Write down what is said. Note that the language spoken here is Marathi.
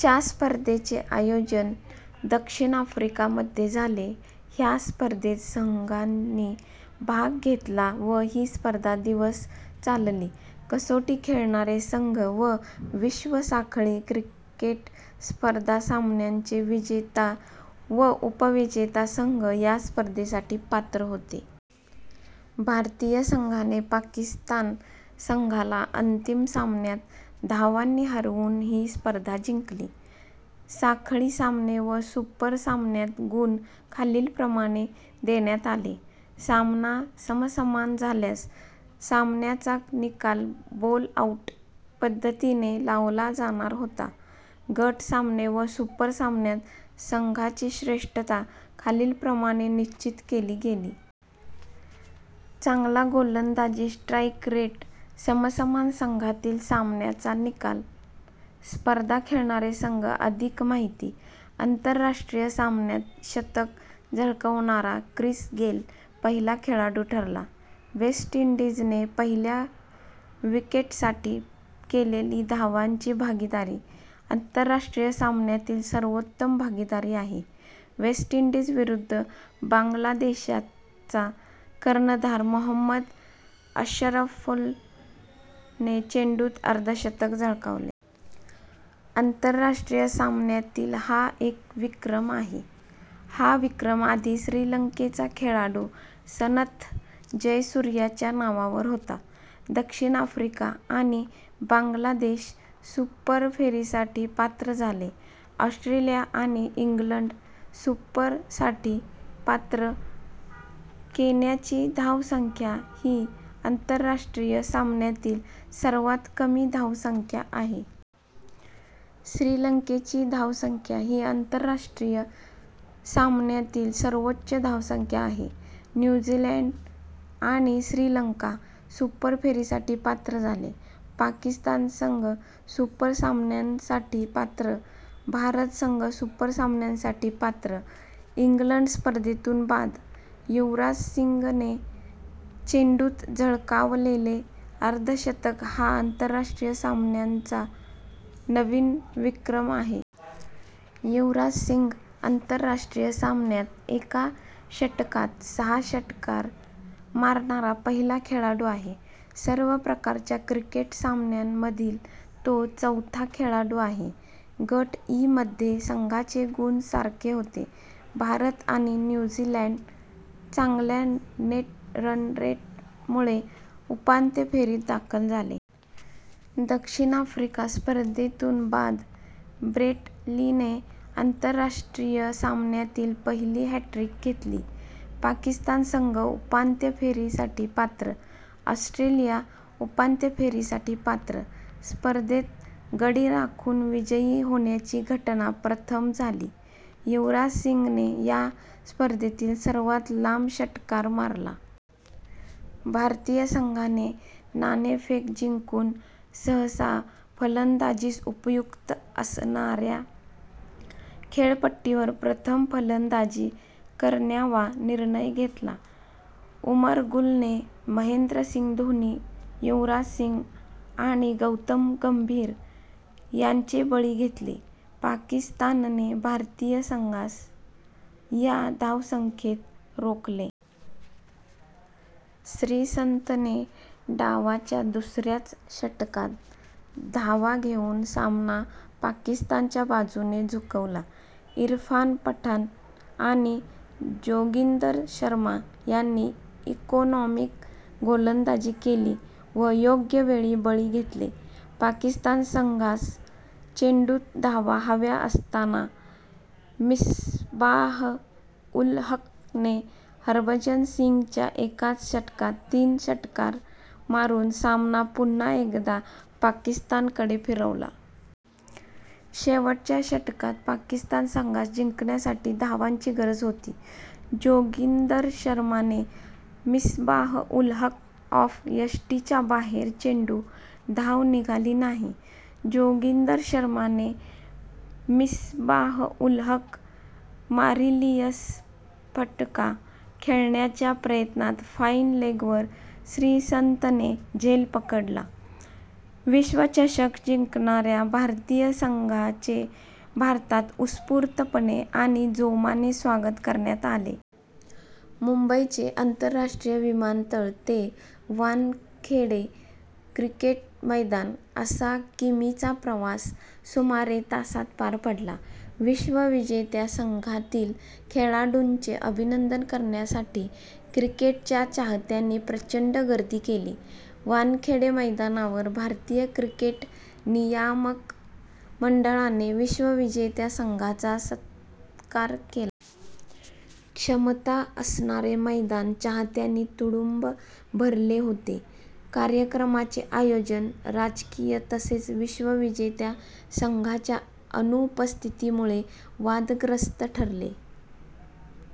च्या स्पर्धेचे आयोजन दक्षिण आफ्रिका मध्ये झाले. ह्या स्पर्धेत संघांनी भाग घेतला व ही स्पर्धा दिवस चालली. कसोटी खेळणारे संघ व विश्व साखळी क्रिकेट स्पर्धा सामन्यांचे विजेता व उप-विजेता संघ या स्पर्धेसाठी पात्र होते. भारतीय संघाने पाकिस्तान संघाला अंतिम सामन्यात धावांनी हरवून ही स्पर्धा जिंकली. साखळी सामने व सुपर सामन्यात गुण खालीलप्रमाणे देण्यात आले. सामना समसमान झाल्यास, सामन्याचा निकाल बोल-आउट पद्धतीने लावला जाणार होता. गट सामने व सुपर सामन्यात संघाची श्रेष्ठता खालीलप्रमाणे निश्चित केली गेली. चांगला गोलंदाजी स्ट्राइक रेट समसमान संघातील सामन्याचा निकाल स्पर्धा खेळणारे संघ अधिक माहिती - आंतरराष्ट्रीय सामन्यात शतक झळकवणारा क्रिस गेल पहिला खेळाडू ठरला. वेस्ट इंडीझने पहिल्या विकेट साठी केलीली धावांची भागीदारी - आंतरराष्ट्रीय सामन्यातील सर्वोत्तम भागीदारी आहे वेस्टइंडिंज विरुद्ध बांगलादेशचा कर्णधार मोहम्मद अशरफुल ने चेंडूत अर्धशतक झळकावले. - आंतरराष्ट्रीय सामन्यातील हा एक विक्रम आहे. हा विक्रम आधी श्रीलंकेचा खेळाडू सनथ जयसूर्यच्या नावावर होता. दक्षिण आफ्रिका आणि बांगलादेश सुपर फेरीसाठी पात्र झाले. ऑस्ट्रेलिया आणि इंग्लंड सुपर साठी पात्र. केन्याची धावसंख्या / हि - आंतरराष्ट्रीय सामन्यातील सर्वात कमी धावसंख्या आहे. श्रीलंकाची धावसंख्या / ही आंतरराष्ट्रीय - सामन्यातील सर्वोच्च धावसंख्या आहे. न्यू झीलँड आणि श्रीलंका सुपर फेरीसाठी पात्र झाले. पाकिस्तान संघ सुपर सामन्यांन साठी पात्र भारत संघ सुपर सामन्यांसाठी पात्र इंग्लंड स्पर्धेतून बाद. युवराजसिंगने चेंडूत झळकावलेले अर्धशतक हा आंतरराष्ट्रीय - सामन्यांचा नवीन विक्रम आहे. युवराजसिंग आंतरराष्ट्रीय - सामन्यात एका षटकात सहा षटकार मारणारा पहिला खेळाडू आहे. सर्व प्रकारच्या क्रिकेट सामन्यांमधील तो चौथा खेळाडू आहे. गट इ मध्ये संघाचे गुण सारखे होते. भारत आणि न्यू झीलँड चांगल्या नेट रन रेट मुळे उपांत्य फेरीत दाखल झाले. दक्षिण आफ्रिका स्पर्धेतून बाद. ब्रेट ली ने - आंतरराष्ट्रीय सामन्यातील पहिली हॅट्रिक घेतली. पाकिस्तान संघ उपात्यं फेरीसाठी पात्र. ऑस्ट्रेलिया उपात्यं फेरी साठी पात्र - स्पर्धेत गडी राखून विजयी होण्याची घटना प्रथम झाली. युवराजसिंगने या स्पर्धेतील सर्वात लांब षटकार मारला. भारतीय संघाने नाणेफेक जिंकुन सहसा फलंदाजीस उपयुक्त असणारया खेळपट्टीवर प्रथम फलंदाजी करण्यावा निर्णय घेतला. उमर गुल ने महेंद्रसिंग धोनी, युवराजसिंग आणि गौतम गंभीर यांचे बळी घेतले. पाकिस्तानने भारतीय संघास / या धावसंख्येत रोखले. श्रीसंतने डावाच्या दुसऱ्याच षटकात धावा देऊन सामना पाकिस्तानच्या बाजुने झुकवला. इरफान पठाण आणि जोगिंदर शर्मा यांनी इकोनॉमिक गोलंदाजी केली व योग्य वेळी बळी घेतले. पाकिस्तान संघास चेंडूत धावा हव्या असतांना मिस्बाह-उल-हक ने हरभजनसिंगच्या एकाच षटकात तीन षटकार मारून सामना पुन्हा एकदा पाकिस्तान कडे फिरवला. शेवटच्या षटकात पाकिस्तान संघास जिंकण्यासाठी धावांची गरज होती. जोगिंदर शर्मा ने मिस्बाह-उल-हक ऑफ यष्टीच्या बाहेर चेंडू, धाव निघाली नाही. जोगिंदर शर्मा ने मिस्बाह-उल-हक मारिलीयस फटका खेळण्याच्या प्रयत्नात फाईन लेग वर श्रीसंत ने झेल पकडला - विश्वचषक जिंकणारया भारतीय संघाचे भारतात उत्सपुर्तपणे आणि जोमाने स्वागत करण्यात आले. मुंबईचे आंतरराष्ट्रीय विमानतळ ते वानखेडे क्रिकेट मैदान, असा किमीचा प्रवास सुमारे तासात पार पडला. विश्वविजेत्या संघातील खेळाडूंचे अभिनंदन करण्यासाठी क्रिकेटच्या चाहत्यांनी प्रचंड गर्दी केली. वानखेडे मैदानावर भारतीय क्रिकेट नियामक मंडळाने विश्वविजेत्या संघाचा संत्कार केला. क्षमता असणारे मैदान चाहत्यांनी तुडूंब भरले होते. कार्यक्रमाचे आयोजन, राजकीय तसेच विश्वविजेत्या संघाच्या अनुपस्थितीमुळे वादग्रस्थ ठरले.।